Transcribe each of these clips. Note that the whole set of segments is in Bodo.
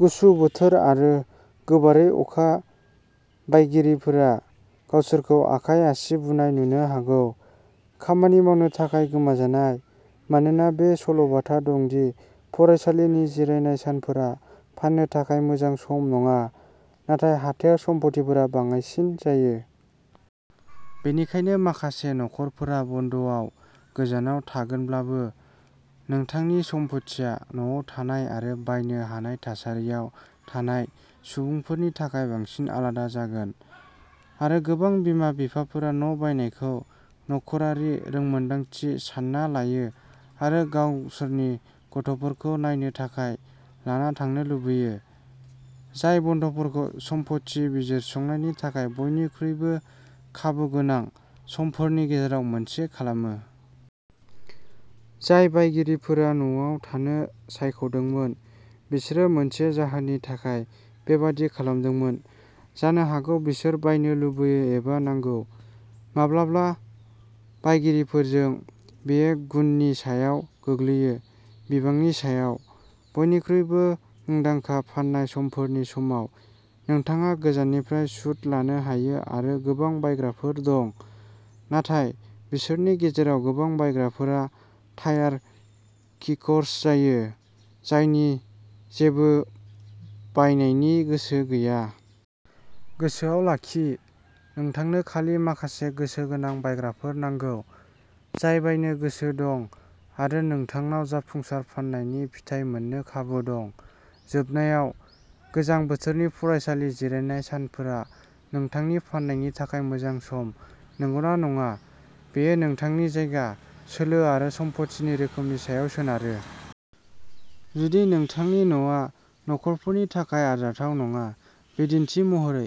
गुसु बोथोर आरो गोबारै अखा बायगिरिफोरा गावसोरखौ आखाइ आसि बुनाय नुनो हागौ, खामानि मावनो थाखाय गोमाजानाय। मानोना बे सल'-बाथा दं दि फरायसालिनि जिरायनाय सानफोरा फाननो थाखाय मोजां सम नङा, नाथाय हाथायाव सम्फथिफोरा बाङायसिन जायो। बेनिखायनो माखासे नखरफोरा बन्द'आव गोजानाव थागोनब्लाबो, नोंथांनि सम्फथिआ न'आव थानाय आरो बायनो हानाय थासारियाव थानाय सुबुंफोरनि थाखाय बांसिन आलादा जागोन। आरो गोबां बिमा-बिफाफोरा न' बायनायखौ नखरारि रोंमोनदांथि सानना लायो आरो गावसोरनि गथ'फोरखौ नायनो थाखाय लाना थांनो लुबैयो, जाय बन्द'फोरखौ सम्फथि बिजिरसंनायनि थाखाय बयनिख्रुइबो खाबुगोनां समफोरनि गेजेराव मोनसे खालामो। जाय बायगिरिफोरा न'आव थानो सायख'दोंमोन बिसोरो मोनसे जाहोननि थाखाय बेबादि खालामदोंमोन जानो हागौ-बिसोर बायनो लुबैयो एबा नांगौ। माब्लाब्ला बायगिरिफोरजों बेयो गुननि सायाव गोग्लैयो, बिबांनि सायाव। बयनिख्रुइबो मुंदांखा फाननाय समफोरनि समाव, नोंथाङा गोजाननिफ्राय सुद लानो हायो आरो गोबां बायग्राफोर दं, नाथाय बिसोरनि गेजेराव गोबां बायग्राफोरा टायार-किकर्स जायो, जायनि जेबो बायनायनि गोसो गैया। गोसोआव लाखि, नोंथांनो खालि माखासे गोसो गोनां बायग्राफोर नांगौ, जाय बायनो गोसो दं आरो नोंथांनाव जाफुंसार फाननायनि फिथाय मोननो खाबु दं। जोबनायाव, गोजां बोथोरनि फरायसालि जिरायनाय सानफोरा नोंथांनि फाननायनि थाखाय मोजां सम नंगौना नङा, बेयो नोंथांनि जायगा, सोलो आरो सम्पथिनि रोखोमनि सायाव सोनारो। जुदि नोंथांनि न'आ नखरफोरनि थाखाय आरजाथाव नङा, बिदिन्थि महरै,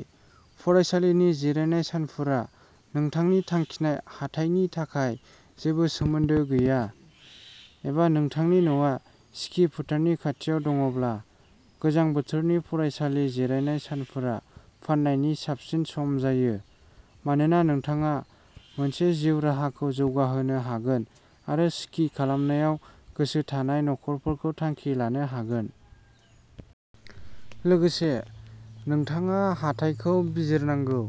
फरायसालि जिरायनाय सानफोरा नोंथांनि थांखिनाय हाथाइनि थाखाय जेबो सोमोन्दो गैया। एबा नोंथांनि न'आ स्कि फोथारनि खाथियाव दङब्ला, गोजां बोथोरनि फरायसालि जिरायनाय सानफोरा फाननायनि साबसिन सम जायो, मानोना नोंथाङा मोनसे जिउ राहाखौ जौगाहोनो हागोन आरो स्कि खालामनायाव गोसो थानाय नखरफोरखौ थांखि लानो हागोन। लोगोसे, नोंथाङा हाथाइखौ बिजिरनांगौ।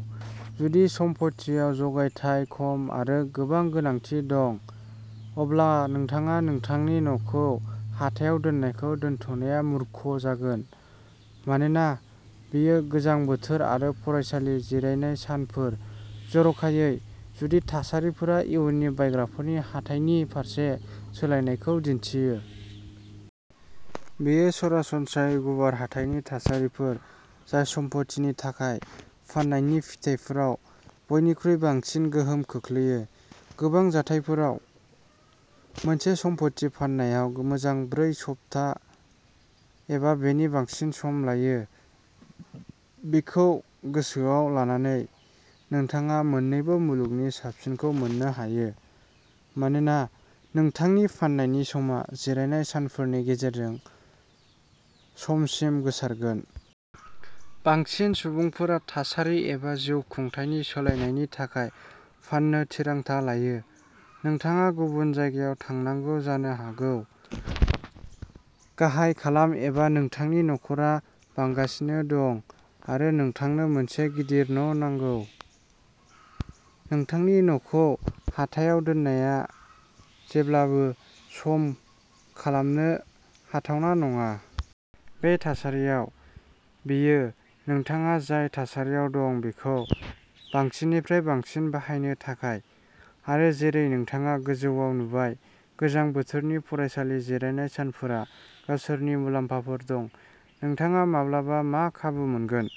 जुदि सम्फथिआव जगायथाय खम आरो गोबां गोनांथि दं, अब्ला नोंथाङा नोंथांनि न'खौ हाथायाव दोननायखौ दोनथ'नाया मुरख’ जागोन। मानोना बेयो गोजां बोथोर आरो फरायसालि जिरायनाय सानफोर जर'खायै जुदि थासारिफोरा इयुननि बायग्राफोरनि हाथाइनि फारसे सोलायनायखौ दिन्थियो। बेयो सरासनस्रायै गुवार हाथाइनि थासारिफोर जाय सम्पथिनि थाखाय फाननायनि फिथाइफोराव बयनिख्रुइ बांसिन गोहोम खोख्लैयो। गोबां जाथायफोराव, मोनसे सम्पथि फाननायाव मोजां ब्रै सप्ता एबा बेनि बांसिन सम लायो। बेखौ गोसोआव लानानै, नोंथाङा मोननैबो मुलुगनि साबसिनखौ मोननो हायो, मानोना नोंथांनि फाननायनि समा जिरायनाय सानफोरनि गेजेरजों समसिम गोसारगोन। बांसिन सुबुंफोरा थासारि एबा जिउखुंथायनि सोलायनायनि थाखाय फाननो थिरांथा लायो। नोंथाङा गुबुन जायगायाव थांनांगौ जानो हागौ, गाहाय खालाम एबा नोंथांनि नखरा बांगासिनो दं आरो नोंथांनो मोनसे गिदिर न' नांगौ। नोंथांनि न'खौ हाथायाव दोननाया जेब्लाबो सम खालामनो हाथावना नङा। बे थासारियाव, बेयो नोंथाङा जाय थासारियाव दं बेखौ बांसिननिफ्राय बांसिन बाहायनो थाखाय। आरो जेरै नोंथाङा गोजौआव नुबाय गोजां बोथोरनि फरायसालि जिरायनाय सानफोरा गावसोरनि मुलाम्फाफोर दं। नोंथाङा माब्लाबा मा खाबु मोनगोन?